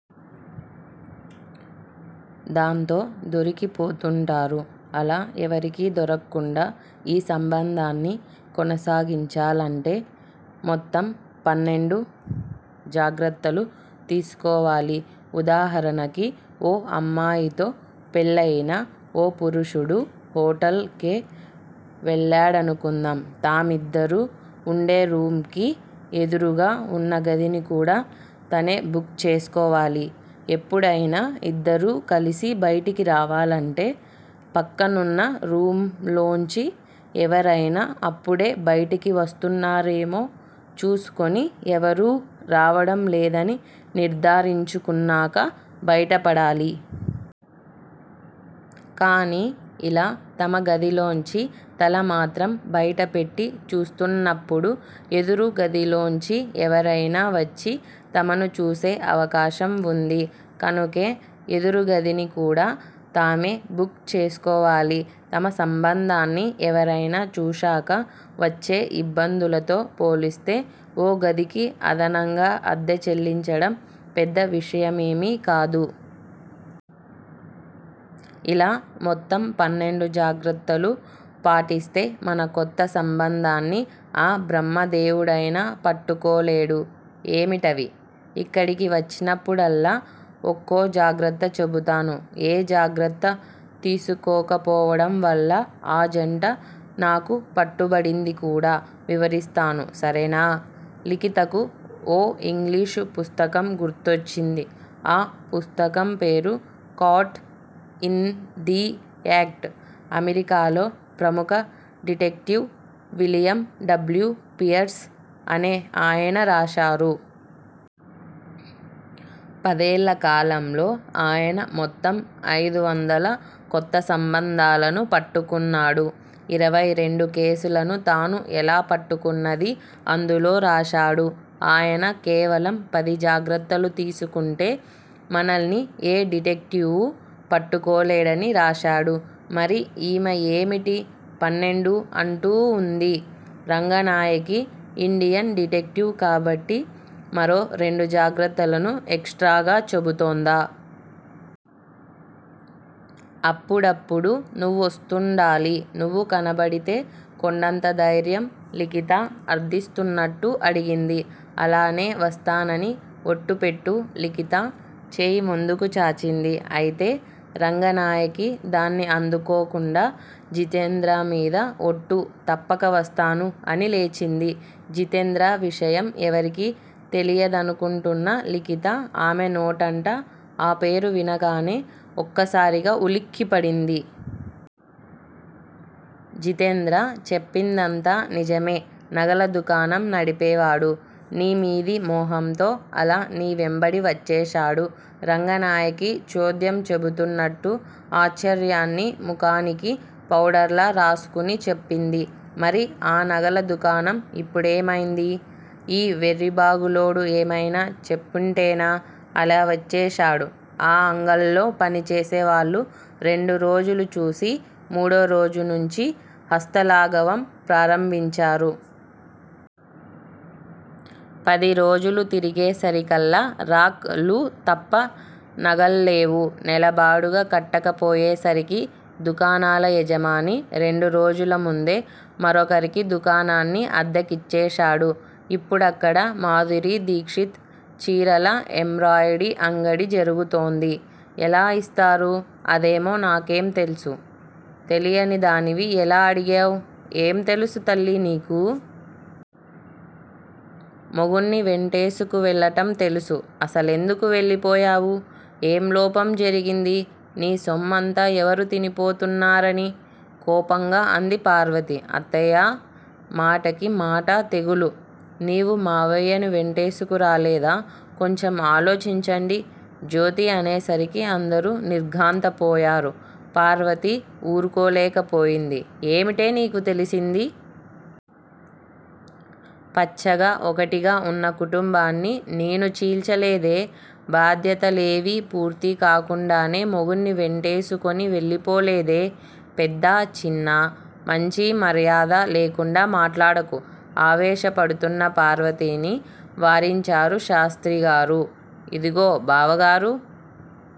దాంతో దొరికిపోతుంటారు. అలా ఎవరికీ దొరక్కుండా ఈ సంబంధాన్ని కొనసాగించాలంటే మొత్తం పన్నెండు జాగ్రత్తలు తీసుకోవాలి. ఉదాహరణకి ఓ అమ్మాయితో పెళ్ళయిన ఓ పురుషుడు హోటల్ కే వెళ్ళాడనుకుందాం. తామిద్దరూ వుండే రూమ్ కి ఎదురుగా వున్న గదిని కూడా తనే బుక్ చేసుకోవాలి. ఎప్పుడయినా ఇద్దరూ కలిసి బయటికి రావాలంటే పక్కనున్న రూమ్ లోంచి ఎవరయినా అప్పుడే బయటికి వస్తున్నారేమో చూసుకుని ఎవరూ రావడం లేదని నిర్దారించుకున్నాక బయటపడాలి. కానీ ఇలా తమ గదిలోంచి తల మాత్రం బయటపెట్టి చూస్తున్నప్పుడు ఎదురుగదిలోంచి ఎవరయినా వచ్చి తమను చూసే అవకాశం వుంది. కనుకే ఎదురుగదిని కూడా తామే బుక్ చేసుకోవాలి. తమ సంబంధాన్ని ఎవరయినా చూశాక వచ్చే ఇబ్బందులతో పోలిస్తే ఓ గదికి అదనంగా అద్దె చెల్లించడం పెద్ద విషయమేమీ కాదు. ఇలా మొత్తం పన్నెండు జాగ్రత్తలు పాటిస్తే మన కొత్త సంబంధాన్ని ఆ బ్రహ్మదేవుడైనా పట్టుకోలేడు. ఏమిటవి? ఇక్కడికి వచ్చినప్పుడల్లా ఒక్కో జాగ్రత్త చెబుతాను. ఏ జాగ్రత్త తీసుకోకపోవడంవల్ల ఆ జంట నాకు పట్టుపడింది కూడా వివరిస్తాను. సరేనా? లిఖితకు ఓ ఇంగ్లీషు పుస్తకం గుర్తొచ్చింది. ఆ పుస్తకం పేరు 'కాట్ ఇన్ ది యాక్ట్' అమెరికాలో ప్రముఖ డిటెక్టివ్ విలియం డబ్ల్యు పియర్స్ అనే ఆయన రాశారు. పదేళ్ళ కాలంలో ఆయన మొత్తం ఐదువందల కొత్త సంబంధాలను పట్టుకున్నాడు. ఇరవై రెండు కేసులను తాను ఎలా పట్టుకున్నదీ అందులో రాశాడు. ఆయన కేవలం పది జాగ్రత్తలు తీసుకుంటే మనల్ని ఏ డిటెక్టివ్వూ పట్టుకోలేడని రాశాడు. మరి ఈమె ఏమిటి పన్నెండు అంటూ వుంది. రంగనాయకి ఇండియన్ డిటెక్టివ్ కాబట్టి మరో రెండు జాగ్రత్తలను ఎక్ స్ట్రాగా చెబుతోందా? అప్పుడప్పుడూ నువ్వొస్తుండాలి. నువ్వు కనబడితే కొండంత ధైర్యం లిఖిత అర్దిస్తున్నట్టు అడిగింది. అలానే వస్తానని ఒట్టు పెట్టు లిఖిత చేయి ముందుకు చాచింది. అయితే రంగనాయకి దాన్ని అందుకోకుండా జితేంద్రమీద ఒట్టు- తప్పక వస్తాను అని లేచింది. జితేంద్ర విషయం ఎవరికీ తెలియదనుకుంటున్న లిఖిత ఆమె నోటంట ఆ పేరు వినగానే ఒక్కసారిగా ఉలిక్కిపడింది. జితేంద్ర చెప్పిందంతా నిజమే నగల దుకాణం నడిపేవాడు. నీమీది మోహంతో అలా నీ వెంబడి వచ్చేశాడు రంగనాయకి చోద్యం చెబుతున్నట్టు ఆశ్చర్యాన్ని ముఖానికి పౌడర్ లా రాసుకుని చెప్పింది. మరి ఆ నగల దుకాణం ఇప్పుడేమైంది! ఈ వెర్రిబాగులోడు ఏమైనా చెప్పుంటేనా? అలా వచ్చేశాడు. ఆ అంగల్లో పనిచేసే వాళ్ళు రెండురోజులు చూసి మూడోరోజు నుంచి హస్తలాఘవం ప్రారంభించారు. పదిరోజులు తిరిగేసరికల్లా రాక్ లు తప్ప నగల్లేవు. నెల బాడుగ కట్టకపోయేసరికి దుకాణాల యజమాని రెండురోజుల ముందే మరొకరికి దుకాణాన్ని అద్దెకిచ్చేశాడు. ఇప్పుడక్కడ మాధురీదీక్షిత్ చీరల ఎంబ్రాయిడీ అంగడి జరుగుతోంది। ఎలా యిస్తారు అదేమో నాకేం తెలుసు. తెలియనిదానివి ఎలా అడిగావ్? ఏం తెలుసు తల్లి నీకు? మొగుణ్ని వెంటేసుకు వెళ్ళటం తెలుసు? అసలెందుకు వెళ్ళిపోయావు. ఏం లోపం జరిగింది? నీ సొమ్మంతా ఎవరు తినిపోతున్నారని? కోపంగా అంది పార్వతి. అత్తయ్యా! మాటకి మాట తెగులు! నీవూ మావయ్యని వెంటేసుకురాలేదా? కొంచెం ఆలోచించండి. జ్యోతి అనేసరికి అందరూ నిర్ఘాంతపోయారు. పార్వతి వూరుకోలేక పోయింది. ఏవిటే నీకు తెలిసింది. పచ్చగా ఒకటిగా వున్న కుటుంబాన్ని నేను చీల్చలేదే? బాధ్యతలేవీ పూర్తి కాకుండానే మొగుణ్ని వెంటేసుకుని వెళ్ళిపోలేదే? పెద్దా చిన్నా, మంచీ మర్యాదా లేకుండా మాట్లాడకు ఆవేశపడుతున్న పార్వతిని వారించారు శాస్త్రిగారు. ఇదిగో బావగారూ!